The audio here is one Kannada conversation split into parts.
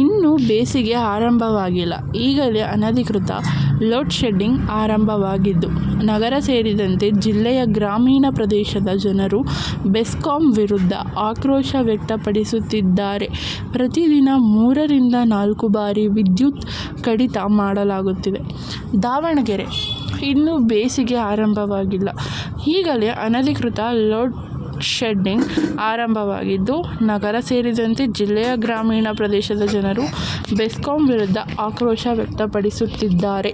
ಇನ್ನು ಬೇಸಿಗೆ ಆರಂಭವಾಗಿಲ್ಲ, ಈಗಲೇ ಅನಧಿಕೃತ ಲೋಡ್ಶೆಡ್ಡಿಂಗ್ ಆರಂಭವಾಗಿದ್ದು, ನಗರ ಸೇರಿದಂತೆ ಜಿಲ್ಲೆಯ ಗ್ರಾಮೀಣ ಪ್ರದೇಶದ ಜನರು ಬೆಸ್ಕಾಂ ವಿರುದ್ಧ ಆಕ್ರೋಶ ವ್ಯಕ್ತಪಡಿಸುತ್ತಿದ್ದಾರೆ. ಪ್ರತಿ ದಿನ ಮೂರರಿಂದ ನಾಲ್ಕು ಬಾರಿ ವಿದ್ಯುತ್ ಕಡಿತ ಮಾಡಲಾಗುತ್ತಿದೆ. ದಾವಣಗೆರೆ: ಇನ್ನು ಬೇಸಿಗೆ ಆರಂಭವಾಗಿಲ್ಲ, ಈಗಲೇ ಅನಧಿಕೃತ ಲೋಡ್ಶೆಡ್ಡಿಂಗ್ ಆರಂಭವಾಗಿದ್ದು, ನಗರ ಸೇರಿದಂತೆ ಜಿಲ್ಲೆಯ ಗ್ರಾಮೀಣ ಪ್ರದೇಶದ ಜನರು ಬೆಸ್ಕಾಂ ವಿರುದ್ಧ ಆಕ್ರೋಶ ವ್ಯಕ್ತಪಡಿಸುತ್ತಿದ್ದಾರೆ.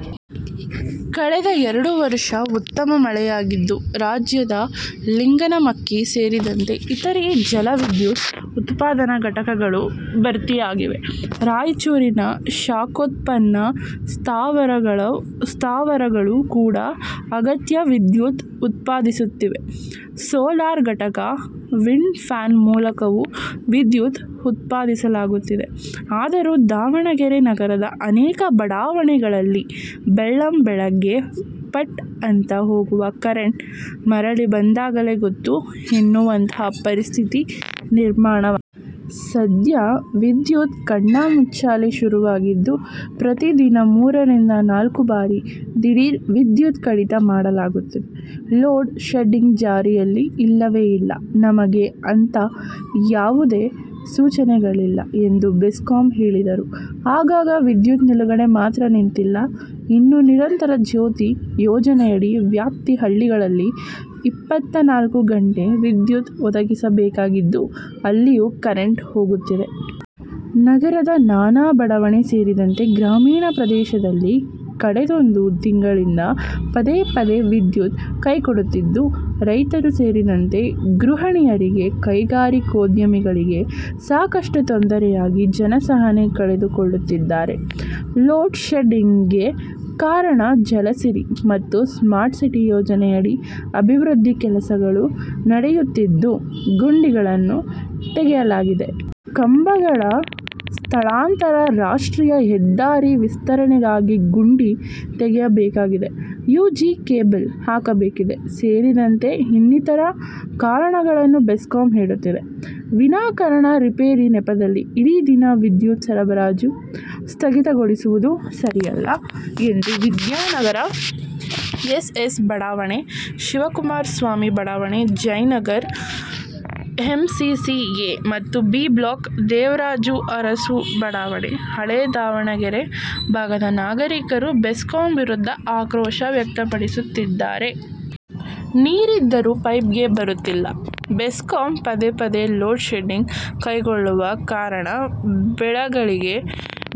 ಕಳೆದ ಎರಡು ವರ್ಷ ಉತ್ತಮ ಮಳೆಯಾಗಿದ್ದು, ರಾಜ್ಯದ ಲಿಂಗನಮಕ್ಕಿ ಸೇರಿದಂತೆ ಇತರೆ ಜಲ ವಿದ್ಯುತ್ ಉತ್ಪಾದನಾ ಘಟಕಗಳು ಭರ್ತಿಯಾಗಿವೆ. ರಾಯಚೂರಿನ ಶಾಖೋತ್ಪನ್ನ ಸ್ಥಾವರಗಳು ಕೂಡ ಅಗತ್ಯ ವಿದ್ಯುತ್ ಉತ್ಪಾದಿಸುತ್ತಿವೆ. ಸೋಲಾರ್ ಘಟಕ, ವಿಂಡ್ ಫ್ಯಾನ್ ಮೂಲಕವೂ ವಿದ್ಯುತ್ ಉತ್ಪಾದಿಸಲಾಗುತ್ತಿದೆ. ಆದರೂ ದಾವಣಗೆರೆ ನಗರದ ಅನೇಕ ಬಡಾವಣೆಗಳಲ್ಲಿ ಬೆಳ್ಳಂ ಬೆಳ್ಳಗ್ಗೆ ಫಟ್ ಅಂತ ಹೋಗುವ ಕರೆಂಟ್, ಮರಳಿ ಬಂದಾಗಲೇ ಗೊತ್ತು ಎನ್ನುವಂಥಹ ಪರಿಸ್ಥಿತಿ ನಿರ್ಮಾಣವಾಗಿದೆ. ಸದ್ಯ ವಿದ್ಯುತ್ ಕಣ್ಣಾ ಮುಚ್ಚಾಲೆ ಶುರುವಾಗಿದ್ದು ಪ್ರತಿ ದಿನ ಮೂರರಿಂದ ನಾಲ್ಕು ಬಾರಿ ದಿಢೀರ್ ವಿದ್ಯುತ್ ಕಡಿತ ಮಾಡಲಾಗುತ್ತಿದೆ. ಲೋಡ್ ಶೆಡ್ಡಿಂಗ್ ಜಾರಿಯಲ್ಲಿ ಇಲ್ಲವೇ ಇಲ್ಲ. ನಮಗೆ ಅಂಥ ಯಾವುದೇ ಸೂಚನೆಗಳಿಲ್ಲ ಎಂದು ಬೆಸ್ಕಾಂ ಹೇಳಿದರೂ, ಆಗಾಗ ವಿದ್ಯುತ್ ನಿಲುಗಡೆ ಮಾತ್ರ ನಿಂತಿಲ್ಲ. ಇನ್ನು ನಿರಂತರ ಜ್ಯೋತಿ ಯೋಜನೆಯಡಿ ವ್ಯಾಪ್ತಿ ಹಳ್ಳಿಗಳಲ್ಲಿ ಇಪ್ಪತ್ತ ನಾಲ್ಕು ಗಂಟೆ ವಿದ್ಯುತ್ ಒದಗಿಸಬೇಕಾಗಿದ್ದು ಅಲ್ಲಿಯೂ ಕರೆಂಟ್ ಹೋಗುತ್ತಿದೆ. ನಗರದ ನಾನಾ ಬಡಾವಣೆ ಸೇರಿದಂತೆ ಗ್ರಾಮೀಣ ಪ್ರದೇಶದಲ್ಲಿ ಕಳೆದೊಂದು ತಿಂಗಳಿಂದ ಪದೇ ಪದೇ ವಿದ್ಯುತ್ ಕೈಕೊಡುತ್ತಿದ್ದು ರೈತರು ಸೇರಿದಂತೆ ಗೃಹಣಿಯರಿಗೆ, ಕೈಗಾರಿಕೋದ್ಯಮಿಗಳಿಗೆ ಸಾಕಷ್ಟು ತೊಂದರೆಯಾಗಿ ಜನ ಸಹನೆ ಕಳೆದುಕೊಳ್ಳುತ್ತಿದ್ದಾರೆ. ಲೋಡ್ ಶೆಡ್ಡಿಂಗ್ಗೆ ಕಾರಣ ಜಲಸಿರಿ ಮತ್ತು ಸ್ಮಾರ್ಟ್ ಸಿಟಿ ಯೋಜನೆಯಡಿ ಅಭಿವೃದ್ಧಿ ಕೆಲಸಗಳು ನಡೆಯುತ್ತಿದ್ದು ಗುಂಡಿಗಳನ್ನು ತೆಗೆಯಲಾಗಿದೆ. ಕಂಬಗಳ ಸ್ಥಳಾಂತರ ರಾಷ್ಟ್ರೀಯ ಹೆದ್ದಾರಿ ವಿಸ್ತರಣೆಗಾಗಿ ಗುಂಡಿ ತೆಗೆಯಬೇಕಾಗಿದೆ. ಯು ಜಿ ಕೇಬಲ್ ಹಾಕಬೇಕಿದೆ ಸೇರಿದಂತೆ ಇನ್ನಿತರ ಕಾರಣಗಳನ್ನು ಬೆಸ್ಕಾಂ ಹೇಳುತ್ತಿದೆ. ವಿನಾಕಾರಣ ರಿಪೇರಿ ನೆಪದಲ್ಲಿ ಇಡೀ ದಿನ ವಿದ್ಯುತ್ ಸರಬರಾಜು ಸ್ಥಗಿತಗೊಳಿಸುವುದು ಸರಿಯಲ್ಲ ಎಂದು ವಿದ್ಯಾನಗರ, ಎಸ್. ಎಸ್. ಬಡಾವಣೆ, ಶಿವಕುಮಾರ್ ಸ್ವಾಮಿ ಬಡಾವಣೆ, Jayanagar, M C C A ಮತ್ತು ಬಿ ಬ್ಲಾಕ್ ದೇವರಾಜು ಅರಸು ಬಡಾವಣೆ, ಹಳೇ ದಾವಣಗೆರೆ ಭಾಗದ ನಾಗರಿಕರು ಬೆಸ್ಕಾಂ ವಿರುದ್ಧ ಆಕ್ರೋಶ ವ್ಯಕ್ತಪಡಿಸುತ್ತಿದ್ದಾರೆ. ನೀರಿದ್ದರೂ ಪೈಪ್ಗೆ ಬರುತ್ತಿಲ್ಲ. ಬೆಸ್ಕಾಂ ಪದೇ ಪದೇ ಲೋಡ್ ಶೆಡ್ಡಿಂಗ್ ಕೈಗೊಳ್ಳುವ ಕಾರಣ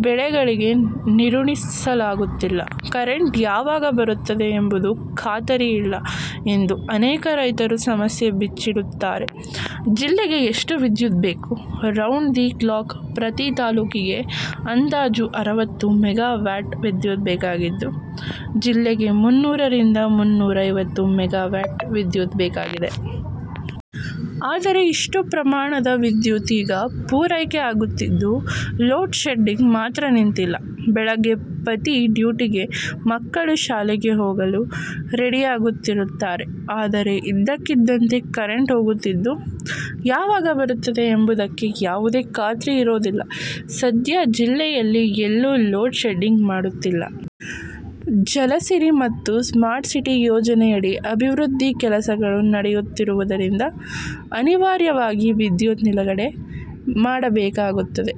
ಬೆಳೆಗಳಿಗೆ ನೀರುಣಿಸಲಾಗುತ್ತಿಲ್ಲ. ಕರೆಂಟ್ ಯಾವಾಗ ಬರುತ್ತದೆ ಎಂಬುದೂ ಖಾತರಿ ಇಲ್ಲಎಂದು ಅನೇಕ ರೈತರು ಸಮಸ್ಯೆ ಬಿಚ್ಚಿಡುತ್ತಾರೆ. ಜಿಲ್ಲೆಗೆ ಎಷ್ಟು ವಿದ್ಯುತ್ ಬೇಕು ರೌಂಡ್ ದಿ ಕ್ಲಾಕ್ ಪ್ರತಿ ತಾಲೂಕಿಗೆ ಅಂದಾಜು ಅರವತ್ತು ಮೆಗಾವ್ಯಾಟ್ ವಿದ್ಯುತ್ ಬೇಕಾಗಿದ್ದು, ಜಿಲ್ಲೆಗೆ ಮುನ್ನೂರರಿಂದ ಮುನ್ನೂರೈವತ್ತು ಮೆಗಾವ್ಯಾಟ್ ವಿದ್ಯುತ್ ಬೇಕಾಗಿದೆ. ಆದರೆ ಇಷ್ಟೂ ಪ್ರಮಾಣದ ವಿದ್ಯುತ್ ಈಗ ಪೂರೈಕೆ ಆಗುತ್ತಿದ್ದು, ಲೋಡ್ ಶೆಡ್ಡಿಂಗ್ ಮಾತ್ರ ನಿಂತಿಲ್ಲ. ಬೆಳಗ್ಗೆ ಪತಿ ಡ್ಯೂಟಿಗೆ, ಮಕ್ಕಳು ಶಾಲೆಗೆ ಹೋಗಲು ರೆಡಿಯಾಗುತ್ತಿರುತ್ತಾರೆ. ಆದರೆ ಇದ್ದಕ್ಕಿದ್ದಂತೆ ಕರೆಂಟ್ ಹೋಗುತ್ತಿದ್ದು, ಯಾವಾಗ ಬರುತ್ತದೆ ಎಂಬುದಕ್ಕೆ ಯಾವುದೇ ಖಾತ್ರಿ ಇರೋದಿಲ್ಲ. "ಸದ್ಯ ಜಿಲ್ಲೆಯಲ್ಲಿ ಎಲ್ಲೂ ಲೋಡ್ ಶೆಡ್ಡಿಂಗ್ ಮಾಡುತ್ತಿಲ್ಲ. ಜಲಸಿರಿ ಮತ್ತು ಸ್ಮಾರ್ಟ್ ಸಿಟಿ ಯೋಜನೆಯಡಿ ಅಭಿವೃದ್ಧಿ ಕೆಲಸಗಳು ನಡೆಯುತ್ತಿರುವುದರಿಂದ ಅನಿವಾರ್ಯವಾಗಿ ವಿದ್ಯುತ್ ನಿಲುಗಡೆ ಮಾಡಬೇಕಾಗುತ್ತದೆ".